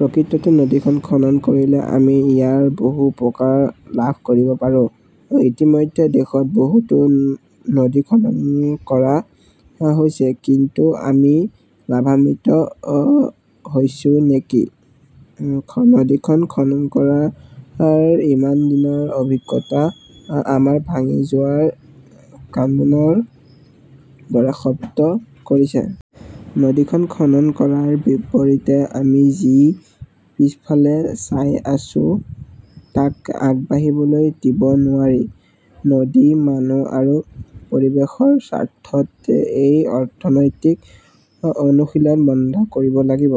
প্ৰকৃততে নদীখন খনন কৰিলে আমি ইয়াৰ বহু উপকাৰ লাভ কৰিব পাৰোঁ। ইতিমধ্যে দেশত বহুতো নদী খনন কৰা হৈছে। কিন্তু আমি লাভান্বিত হৈছো নেকি নদীখন খনন কৰাৰ ইমান দিনৰ অভিজ্ঞতা আমাৰ ভাঙি যোৱাৰ কান্দোনৰ দৰে শব্দ কৰিছে। নদীখন খনন কৰাৰ বিপৰীতে আমি যি পিছফালে চাই আছো তাক আগবাঢ়িবলৈ দিব নোৱাৰি। নদী, মানুহ আৰু পৰিৱেশৰ স্বাৰ্থত এই অনৈতিক অনুশীলন বন্ধ কৰিব লাগিব।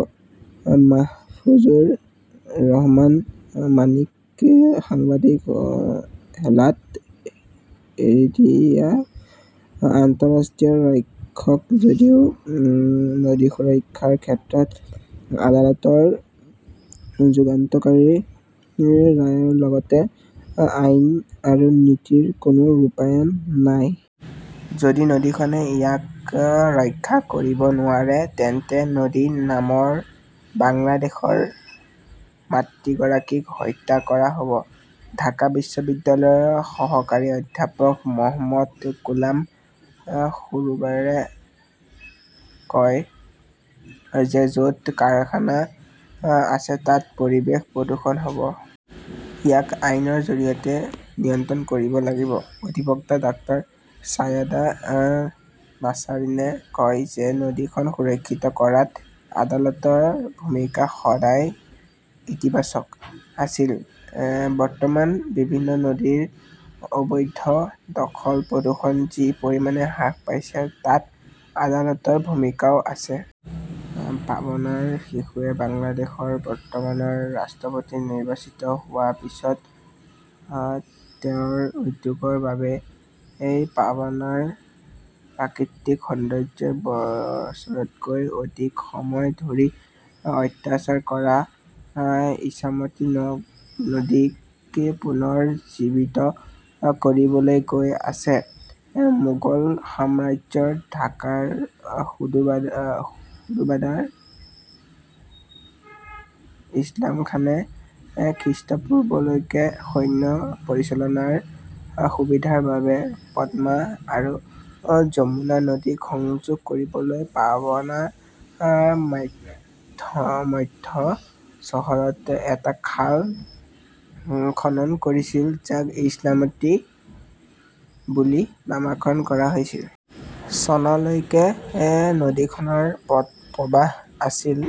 মাহফুজুৰ ৰহমান মাণিকঃ সাংবাদিক হেলাত এৰি দিয়া আন্তঃৰাষ্ট্ৰীয় ৰক্ষক যদিও নদী সুৰক্ষাৰ ক্ষেত্ৰত আদালতৰ যুগান্তকাৰী ৰায়ৰ লগতে আইন আৰু নীতিৰ কোনো ৰূপায়ণ নাই। যদি নদীখনে ইয়াক ৰক্ষা কৰিব নোৱাৰে, তেন্তে নদী নামৰ বাংলাদেশৰ মাতৃগৰাকীক হত্যা কৰা হ 'ব। ঢাকা বিশ্ববিদ্যালয়ৰ সহকাৰী অধ্যাপক মহম্মদ গোলাম সৰোৱাৰে কয় যে য 'ত কাৰখানা আছে তাত পৰিৱেশ প্ৰদূষণ হ' ব। ইয়াক আইনৰ জৰিয়তে নিয়ন্ত্ৰণ কৰিব লাগিব। অধিবক্তা ডাঃ ছায়েদা নাছাৰিনে কয় যে নদীখন সুৰক্ষিত কৰাত আদালতৰ ভূমিকা সদায় ইতিবাচক আছিল। বৰ্তমান বিভিন্ন নদীৰ অবৈধ দখল-প্ৰদূষণ যি পৰিমাণে হ্ৰাস পাইছে তাত আদালতৰ ভূমিকাও আছে। পাবনাৰ শিশুৱে বাংলাদেশৰ বৰ্তমানৰ ৰাষ্ট্ৰপতি নিৰ্বাচিত হোৱাৰ পিছত তেওঁৰ উদ্যোগৰ বাবেই পাবনাৰ প্ৰাকৃতিক সৌন্দৰ্যই বছৰতকৈও অধিক সময় ধৰি অত্যাচাৰ কৰা ইছামতী নদীক পুনৰ জীৱিত কৰিবলৈ গৈ আছে। মোগল সাম্ৰাজ্যৰ ঢাকাৰ সুবাদাৰ ইছলাম খানে খ্ৰীষ্টপূৰ্বলৈকে সৈন্য পৰিচালনাৰ সুবিধাৰ বাবে পদ্মা আৰু যমুনা নদীক সংযোগ কৰিবলৈ পাবনাৰ মধ্য চহৰত এটা খাল খনন কৰিছিল, যাক ইছামতী বুলি নামকৰণ কৰা হৈছিল। চনলৈকে নদীখনৰ প্ৰবাহ আছিল।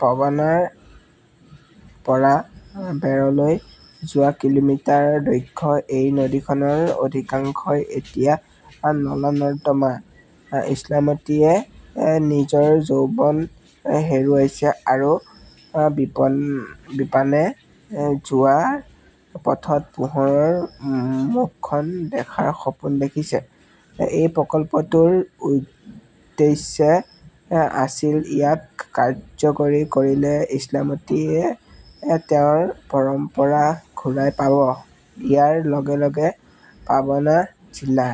পাবনাৰ পৰা বেৰলৈ যোৱা কিলোমিটাৰ দৈৰ্ঘ্যৰ এই নদীখনৰ অধিকাংশই এতিয়া নলা-নৰ্দমা। ইছামতীয়ে নিজৰ যৌৱন হেৰুৱাইছে আৰু বিপানে যোৱাৰ পথত পোহৰৰ মুখখন দেখাৰ সপোন দেখিছে। এই প্ৰকল্পটোৰ উদ্দেশ্য আছিল-ইয়াক কাৰ্যকৰী কৰিলে ইছামতীয়ে তেওঁৰ পৰম্পৰা ঘূৰাই পাব। ইয়াৰ লগে লগে পাবনা জিলা